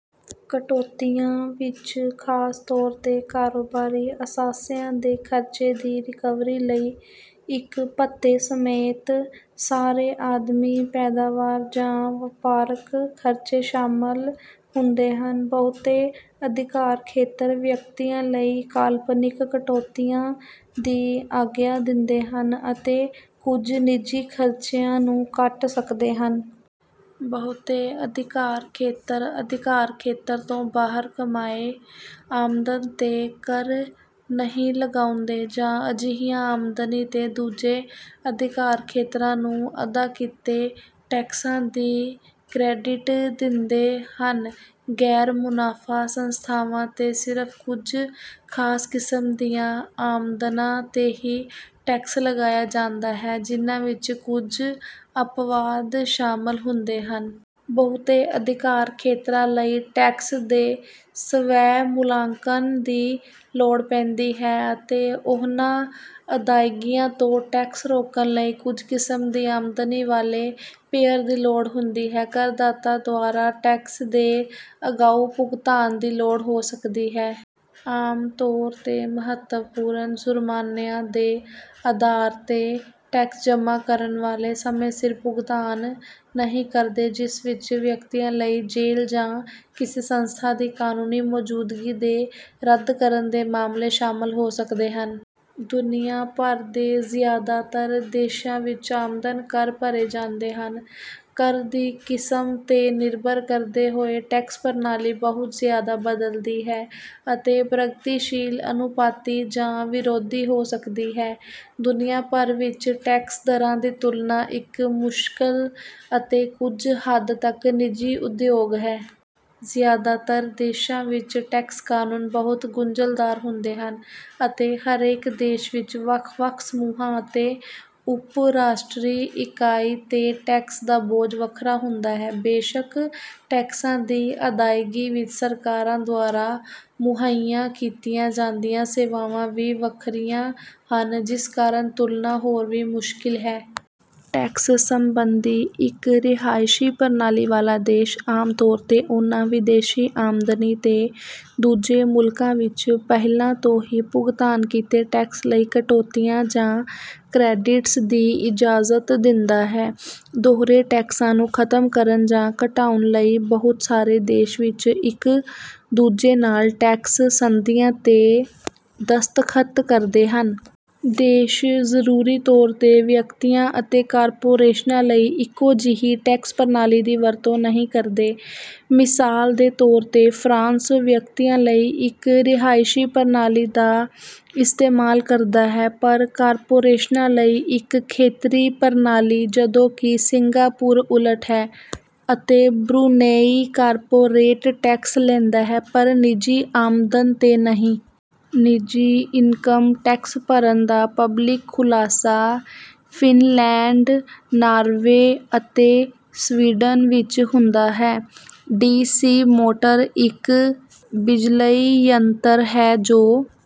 ਕਟੌਤੀਆਂ ਵਿੱਚ ਖਾਸ ਤੌਰ ਤੇ ਕਾਰੋਬਾਰੀ ਅਸਾਸਿਆਂ ਦੇ ਖਰਚੇ ਦੀ ਰਿਕਵਰੀ ਲਈ ਇੱਕ ਭੱਤੇ ਸਮੇਤ ਸਾਰੇ ਆਮਦਨੀ ਪੈਦਾਵਾਰ ਜਾਂ ਵਪਾਰਕ ਖਰਚੇ ਸ਼ਾਮਲ ਹੁੰਦੇ ਹਨ। ਬਹੁਤੇ ਅਧਿਕਾਰ ਖੇਤਰ ਵਿਅਕਤੀਆਂ ਲਈ ਕਾਲਪਨਿਕ ਕਟੌਤੀਆਂ ਦੀ ਆਗਿਆ ਦਿੰਦੇ ਹਨ, ਅਤੇ ਕੁਝ ਨਿੱਜੀ ਖਰਚਿਆਂ ਨੂੰ ਕੱਟ ਸਕਦੇ ਹਨ। ਬਹੁਤੇ ਅਧਿਕਾਰ ਖੇਤਰ ਅਧਿਕਾਰ ਖੇਤਰ ਤੋਂ ਬਾਹਰ ਕਮਾਏ ਆਮਦਨ ਤੇ ਕਰ ਨਹੀਂ ਲਗਾਉਂਦੇ ਜਾਂ ਅਜਿਹੀਆਂ ਆਮਦਨੀ ਤੇ ਦੂਜੇ ਅਧਿਕਾਰ ਖੇਤਰਾਂ ਨੂੰ ਅਦਾ ਕੀਤੇ ਟੈਕਸਾਂ ਦੀ ਕ੍ਰੈਡਿਟ ਦਿੰਦੇ ਹਨ। ਗੈਰ-ਮੁਨਾਫ਼ਾ ਸੰਸਥਾਵਾਂ ਤੇ ਸਿਰਫ਼ ਕੁਝ ਖਾਸ ਕਿਸਮ ਦੀਆਂ ਆਮਦਨਾਂ ਤੇ ਹੀ ਟੈਕਸ ਲਗਾਇਆ ਜਾਂਦਾ ਹੈ, ਜਿਨ੍ਹਾਂ ਵਿੱਚ ਕੁਝ ਅਪਵਾਦ ਸ਼ਾਮਲ ਹੁੰਦੇ ਹਨ। ਬਹੁਤੇ ਅਧਿਕਾਰ ਖੇਤਰਾਂ ਲਈ ਟੈਕਸ ਦੇ ਸਵੈ-ਮੁਲਾਂਕਣ ਦੀ ਲੋੜ ਪੈਂਦੀ ਹੈ ਅਤੇ ਉਹਨਾਂ ਅਦਾਇਗੀਆਂ ਤੋਂ ਟੈਕਸ ਰੋਕਣ ਲਈ ਕੁਝ ਕਿਸਮ ਦੀ ਆਮਦਨੀ ਵਾਲੇ ਪੇਅਰ ਦੀ ਲੋੜ ਹੁੰਦੀ ਹੈ। ਕਰਦਾਤਾ ਦੁਆਰਾ ਟੈਕਸ ਦੇ ਅਗਾਊਂ ਭੁਗਤਾਨ ਦੀ ਲੋੜ ਹੋ ਸਕਦੀ ਹੈ। ਆਮ ਤੌਰ 'ਤੇ ਮਹੱਤਵਪੂਰਨ ਜ਼ੁਰਮਾਨਿਆਂ ਦੇ ਅਧਾਰ ਤੇ ਟੈਕਸ ਜਮ੍ਹਾ ਕਰਨ ਵਾਲੇ ਸਮੇਂ ਸਿਰ ਭੁਗਤਾਨ ਨਹੀਂ ਕਰਦੇ, ਜਿਸ ਵਿੱਚ ਵਿਅਕਤੀਆਂ ਲਈ ਜੇਲ੍ਹ ਜਾਂ ਕਿਸੇ ਸੰਸਥਾ ਦੀ ਕਾਨੂੰਨੀ ਮੌਜੂਦਗੀ ਦੇ ਰੱਦ ਕਰਨ ਦੇ ਮਾਮਲੇ ਸ਼ਾਮਲ ਹੋ ਸਕਦੇ ਹਨ। ਦੁਨੀਆਭਰ ਦੇ ਜ਼ਿਆਦਾਤਰ ਦੇਸ਼ਾਂ ਵਿੱਚ ਆਮਦਨ ਕਰ ਭਰੇ ਜਾਂਦੇ ਹਨ। ਕਰ ਦੀ ਕਿਸਮ ਤੇ ਨਿਰਭਰ ਕਰਦੇ ਹੋਏ, ਟੈਕਸ ਪ੍ਰਣਾਲੀ ਬਹੁਤ ਜ਼ਿਆਦਾ ਬਦਲਦੀ ਹੈ ਅਤੇ ਪ੍ਰਗਤੀਸ਼ੀਲ, ਅਨੁਪਾਤੀ, ਜਾਂ ਵਿਰੋਧੀ ਹੋ ਸਕਦੀ ਹੈ। ਦੁਨੀਆਭਰ ਵਿੱਚ ਟੈਕਸ ਦਰਾਂ ਦੀ ਤੁਲਨਾ ਇੱਕ ਮੁਸ਼ਕਲ ਅਤੇ ਕੁਝ ਹੱਦ ਤੱਕ ਨਿੱਜੀ ਉਦਯੋਗ ਹੈ। ਜ਼ਿਆਦਾਤਰ ਦੇਸ਼ਾਂ ਵਿੱਚ ਟੈਕਸ ਕਾਨੂੰਨ ਬਹੁਤ ਗੁੰਝਲਦਾਰ ਹੁੰਦੇ ਹਨ, ਅਤੇ ਹਰੇਕ ਦੇਸ਼ ਵਿੱਚ ਵੱਖ-ਵੱਖ ਸਮੂਹਾਂ ਅਤੇ ਉੱਪ-ਰਾਸ਼ਟਰੀ ਇਕਾਈ ਤੇ ਟੈਕਸ ਦਾ ਬੋਝ ਵੱਖਰਾ ਹੁੰਦਾ ਹੈ। ਬੇਸ਼ੱਕ, ਟੈਕਸਾਂ ਦੀ ਅਦਾਇਗੀ ਵਿੱਚ ਸਰਕਾਰਾਂ ਦੁਆਰਾ ਮੁਹੱਈਆ ਕੀਤੀਆਂ ਜਾਂਦੀਆਂ ਸੇਵਾਵਾਂ ਵੀ ਵੱਖਰੀਆਂ ਹਨ, ਜਿਸ ਕਾਰਨ ਤੁਲਨਾ ਹੋਰ ਵੀ ਮੁਸ਼ਕਿਲ ਹੈ। ਟੈਕਸ ਸਬੰਧੀ ਇੱਕ ਰਿਹਾਇਸ਼ੀ ਪ੍ਰਣਾਲੀ ਵਾਲਾ ਦੇਸ਼ ਆਮ ਤੌਰ 'ਤੇ ਉਨ੍ਹਾਂ ਵਿਦੇਸ਼ੀ ਆਮਦਨੀ ਤੇ ਦੂਜੇ ਮੁਲਕਾਂ ਵਿੱਚ ਪਹਿਲਾਂ ਤੋਂ ਹੀ ਭੁਗਤਾਨ ਕੀਤੇ ਟੈਕਸ ਲਈ ਕਟੌਤੀਆਂ ਜਾਂ ਕ੍ਰੈਡਿਟਸ ਦੀ ਇਜਾਜ਼ਤ ਦਿੰਦਾ ਹੈ। ਦੋਹਰੇ ਟੈਕਸਾਂ ਨੂੰ ਖਤਮ ਕਰਨ ਜਾਂ ਘਟਾਉਣ ਲਈ ਬਹੁਤ ਸਾਰੇ ਦੇਸ਼ ਇੱਕ ਦੂਜੇ ਨਾਲ ਟੈਕਸ ਸੰਧੀਆਂ ਤੇ ਦਸਤਖਤ ਕਰਦੇ ਹਨ। ਦੇਸ਼ ਜ਼ਰੂਰੀ ਤੌਰ 'ਤੇ ਵਿਅਕਤੀਆਂ ਅਤੇ ਕਾਰਪੋਰੇਸ਼ਨਾਂ ਲਈ ਇੱਕੋ ਜਿਹੀ ਟੈਕਸ ਪ੍ਰਣਾਲੀ ਦੀ ਵਰਤੋਂ ਨਹੀਂ ਕਰਦੇ। ਮਿਸਾਲ ਦੇ ਤੌਰ ਤੇ, ਫਰਾਂਸ ਵਿਅਕਤੀਆਂ ਲਈ ਇੱਕ ਰਿਹਾਇਸ਼ੀ ਪ੍ਰਣਾਲੀ ਦਾ ਇਸਤੇਮਾਲ ਕਰਦਾ ਹੈ ਪਰ ਕਾਰਪੋਰੇਸ਼ਨਾਂ ਲਈ ਇੱਕ ਖੇਤਰੀ ਪ੍ਰਣਾਲੀ, ਜਦੋਂ ਕਿ ਸਿੰਗਾਪੁਰ ਉਲਟ ਹੈ, ਅਤੇ ਬਰੂਨੇਈ ਕਾਰਪੋਰੇਟ ਟੈਕਸ ਲੈਂਦਾ ਹੈ ਪਰ ਨਿੱਜੀ ਆਮਦਨ ਤੇ ਨਹੀਂ। ਨਿੱਜੀ ਇਨਕਮ ਟੈਕਸ ਭਰਨ ਦਾ ਪਬਲਿਕ ਖੁਲਾਸਾ ਫਿਨਲੈਂਡ, ਨਾਰਵੇ ਅਤੇ ਸਵੀਡਨ ਵਿੱਚ ਹੁੰਦਾ ਹੈ। ਡੀ ਸੀ ਮੋਟਰ ਇੱਕ ਬਿਜਲਈ ਯੰਤਰ ਹੈ ਜੋ...